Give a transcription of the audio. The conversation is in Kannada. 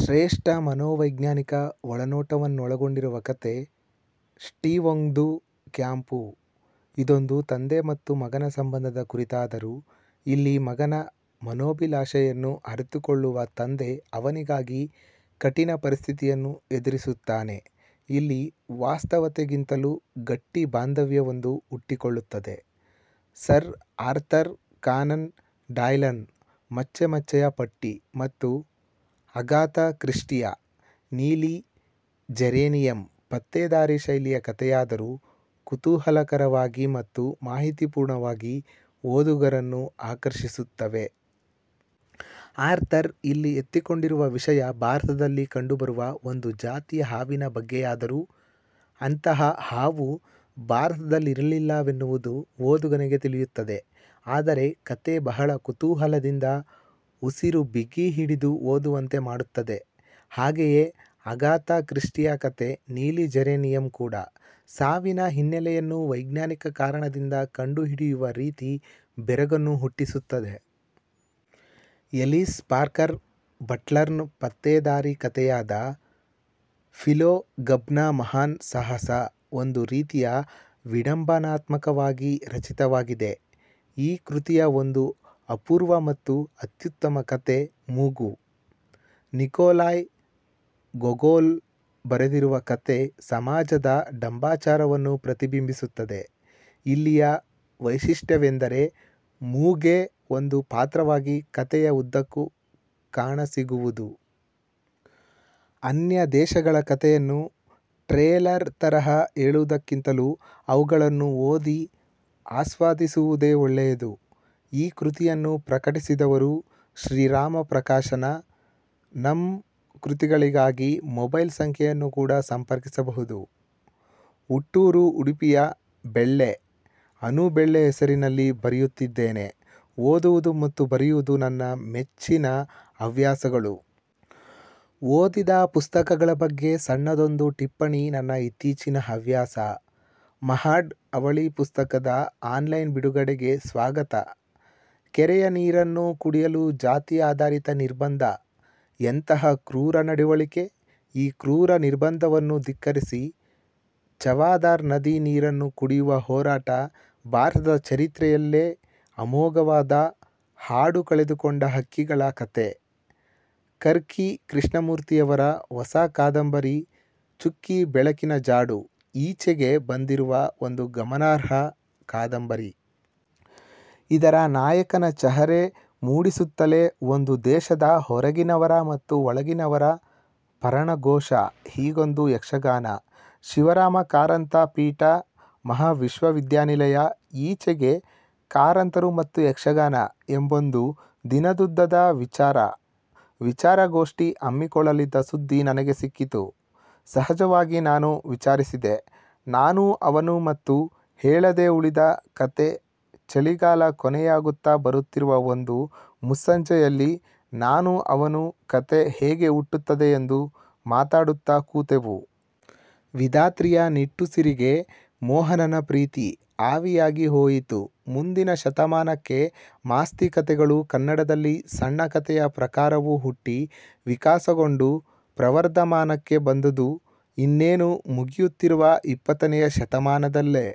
ಶ್ರೇಷ್ಠ ಮನೋ ವೈಜ್ಞಾನಿಕ ಒಳನೋಟವನ್ನೊಳಗೊಂಡಿರುವ ಕಥೆ 'ಸ್ಟೀವ್ಗೊಂದು ಕ್ಯಾಪು' ಇದೊಂದು ತಂದೆ ಮತ್ತು ಮಗನ ಸಂಬಂಧದ ಕುರಿತಾದರೂ ಇಲ್ಲಿ ಮಗನ ಮನೋಭಿಲಾಷೆಯನ್ನು ಅರಿತುಕೊಳ್ಳುವ ತಂದೆ ಅವನಿಗಾಗಿ ಕಠಿಣ ಪರಿಸ್ಥಿತಿಯನ್ನು ಎದುರಿಸುತ್ತಾನೆ. ಇಲ್ಲಿ ವಾಸ್ತವತೆಗಿಂತಲೂ ಗಟ್ಟಿ ಭಾಂದವ್ಯವೊಂದು ಹುಟ್ಟಿಕೊಳ್ಳುತ್ತದೆ. ಸರ್ ಅರ್ಥರ್ ಕಾನನ್ ಡಾಯ್ಲ್ನ 'ಮಚ್ಚೆ ಮಚ್ಚೆಯ ಪಟ್ಟಿ' ಮತ್ತು ಅಗಾಥ ಕ್ರಿಸ್ಟಿಯ 'ನೀಲಿ ಜೇರೇನಿಯಂ' ಪತ್ತೇದಾರಿ ಶೈಲಿಯ ಕಥೆಯಾದರೂ ಕುತೂಹಲಕರವಾಗಿ ಮತ್ತು ಮಾಹಿತಿಪೂರ್ಣವಾಗಿ ಓದುಗರನ್ನು ಆಕರ್ಷಿಸುತ್ತವೆ. ಅರ್ಥರ್ ಇಲ್ಲಿ ಎತ್ತಿಕೊಂಡಿರುವ ವಿಷಯ ಭಾರತದಲ್ಲಿ ಕಂಡು ಬರುವ ಒಂದು ಜಾತಿಯ ಹಾವಿನ ಬಗ್ಗೆಯಾದರೂ ಅಂತಹ ಹಾವು ಭಾರತದಲ್ಲಿರಲಿಲ್ಲವೆನ್ನುವುದು ಓದುಗನಿಗೆ ತಿಳಿಯುತ್ತದೆ. ಆದರೆ ಕಥೆ ಬಹಳ ಕುತೂಹಲದಿಂದ ಉಸಿರು ಬಿಗಿ ಹಿಡಿದು ಓದುವಂತೆ ಮಾಡುತ್ತದೆ. ಹಾಗೇಯೆ ಅಗಾಥ ಕ್ರಿಸ್ಟಿಯ ಕಥೆ 'ನೀಲಿ ಜೇರೆನಿಯಂ' ಕೂಡ. ಸಾವಿನ ಹಿನ್ನಲೆಯನ್ನು ವೈಜ್ಞಾನಿಕ ಕಾರಣದಿಂದ ಕಂಡುಹಿಡಿಯುವ ರೀತಿ ಬೆರಗನ್ನು ಹುಟ್ಟಿಸುತ್ತದೆ. ಎಲಿಸ್ ಪಾರ್ಕರ್ ಬಟ್ಲರ್ನ ಪತ್ತೇದಾರಿ ಕಥೆಯಾದ 'ಫಿಲೋ ಗಬ್ನ ಮಹಾನ್ ಸಾಹಸ' ಒಂದು ರೀತಿಯ ವಿಢಂಬನಾತ್ಮವಾಗಿ ರಚಿತವಾಗಿದೆ. ಈ ಕೃತಿಯ ಒಂದು ಅಪೂರ್ವ ಮತ್ತು ಅತ್ಯುತ್ತಮ ಕಥೆ 'ಮೂಗು', ನಿಕೊಲಾಯ್ ಗೊಗೊಲ್ ಬರೆದಿರುವ ಕಥೆ ಸಮಾಜದ ಢಂಬಾಚಾರವನ್ನು ಪ್ರತಿಬಿಂಬಿಸುತ್ತದೆ. ಇಲ್ಲಿಯ ವೈಶಿಷ್ಟ್ಯವೆಂದರೆ ಮೂಗೇ ಒಂದು ಪಾತ್ರವಾಗಿ ಕಥೆಯ ಉದ್ದಕ್ಕೂ ಕಾಣಸಿಗುವುದು. 'ಅನ್ಯ ದೇಶಗಳ' ಕಥೆಯನ್ನು ಟ್ರೇಲರ್ ತರಹ ಹೇಳುವುದಕ್ಕಿಂತಲೂ ಅವುಗಳನ್ನು ಓದಿ ಆಸ್ವಾದಿಸುವುದೇ ಒಳ್ಳೆಯದು. ಈ ಕೃತಿಯನ್ನು ಪ್ರಕಟಿಸಿದವರು ಶ್ರೀ ರಾಮ ಪ್ರಕಾಶನ, ನಂ. ಕೃತಿಗಳಿಗಾಗಿ ಮೊಬೈಲ್ ಸಂಖ್ಯೆಯನ್ನು ಕೂಡ ಸಂಪರ್ಕಿಸಬಹುದು. ಹುಟ್ಟೂರು ಉಡುಪಿಯ ಬೆಳ್ಳೆ; ಅನು ಬೆಳ್ಳೆ ಹೆಸರಿನಲ್ಲಿ ಬರೆಯುತ್ತಿದ್ದೇನೆ. ಓದುವುದು ಮತ್ತು ಬರೆಯುವುದು ನನ್ನ ಮೆಚ್ಚಿನ ಹವ್ಯಾಸಗಳು. ಓದಿದ ಪುಸ್ತಕಗಳ ಬಗ್ಗೆ ಸಣ್ಣದೊಂದು ಟಿಪ್ಪಣಿ ನನ್ನ ಇತ್ತಿಚೀನ ಹವ್ಯಾಸ. ಮಹಾಡ್ ಅವಳಿ ಪುಸ್ತಕದ ಆನ್ಲೈನ್ ಬಿಡುಗಡೆಗೆ ಸ್ವಾಗತ ಕೆರೆಯ ನೀರನ್ನು ಕುಡಿಯಲು ಜಾತಿ ಆಧಾರಿತ ನಿರ್ಬಂದ' ಎಂತಹ ಕ್ರೂರ ನಡವಳಿಕೆ. ಈ ಕ್ರೂರ ನಿರ್ಬಂಧವನ್ನು ಧಿಕ್ಕರಿಸಿ ಚವದಾರ್ ನದಿ ನೀರನ್ನು ಕುಡಿಯುವ ಹೋರಾಟ ಭಾರತದ ಚರಿತ್ರೆಯಲ್ಲೇ ಅಮೋಘವಾದ ಹಾಡು ಕಳೆದುಕೊಂಡ ಹಕ್ಕಿಗಳ ಕತೆ ಕರ್ಕಿ ಕೃಷ್ಣಮೂರ್ತಿಯವರ ಹೊಸ ಕಾದಂಬರಿ 'ಚುಕ್ಕಿ ಬೆಳಕಿನ ಜಾಡು' ಈಚೆಗೆ ಬಂದಿರುವ ಒಂದು ಗಮನಾರ್ಹ ಕಾದಂಬರಿ. ಇದರ ನಾಯಕನ ಚಹರೆ ಮೂಡಿಸುತ್ತಲೇ ಒಂದು ದೇಶದ 'ಹೊರಗಿನವರ' ಮತ್ತು 'ಒಳಗಿನವರ' ಪರಣಘೋಷ – ಹೀಗೊಂದು ಯಕ್ಷಗಾನ! ಶಿವರಾಮಕಾರಂತ ಪೀಠ, ಮಂವಿವಿನಿಲಯ ಈಚೆಗೆ 'ಕಾರಂತರು ಮತ್ತು ಯಕ್ಷಗಾನ' ಎಂಬೊಂದು ದಿನದುದ್ದದ ವಿಚಾರ ವಿಚಾರಗೋಷ್ಠಿ ಹಮ್ಮಿಕೊಳ್ಳಲಿದ್ದ ಸುದ್ಧಿ ನನಗೆ ಸಿಕ್ಕಿತು. ಸಹಜವಾಗಿ ನಾನು ವಿಚಾರಿಸಿದೆನಾನೂ ಅವನು ಮತ್ತು ಹೇಳದೇ ಉಳಿದ ಕತೆ ಚಳಿಗಾಲ ಕೊನೆಯಾಗುತ್ತಾ ಬರುತ್ತಿರುವ ಒಂದು ಮುಸ್ಸಂಜೆಯಲ್ಲಿ ನಾನೂ ಅವನೂ ಕತೆ ಹೇಗೆ ಹುಟ್ಟುತ್ತದೆ ಎಂದು ಮಾತಾಡುತ್ತಾ ಕೂತೆವು. ವಿಧಾತ್ರಿಯ ನಿಟ್ಟುಸಿರಿಗೆ ಮೋಹನನ ಪ್ರೀತಿ ಆವಿಯಾಗಿ ಹೋಯಿತು. ಮುಂದಿನ ಶತಮಾನಕ್ಕೆ ಮಾಸ್ತಿ ಕತೆಗಳು ಕನ್ನಡದಲ್ಲಿ ಸಣ್ಣಕಥೆಯ ಪ್ರಕಾರವು ಹುಟ್ಟಿ, ವಿಕಾಸಗೊಂಡು ಪ್ರವರ್ಧಮಾನಕ್ಕೆ ಬಂದುದು ಇನ್ನೇನು ಮುಗಿಯುತ್ತಿರುವ ಇಪ್ಪತ್ತನೆಯ ಶತಮಾನದಲ್ಲೆ.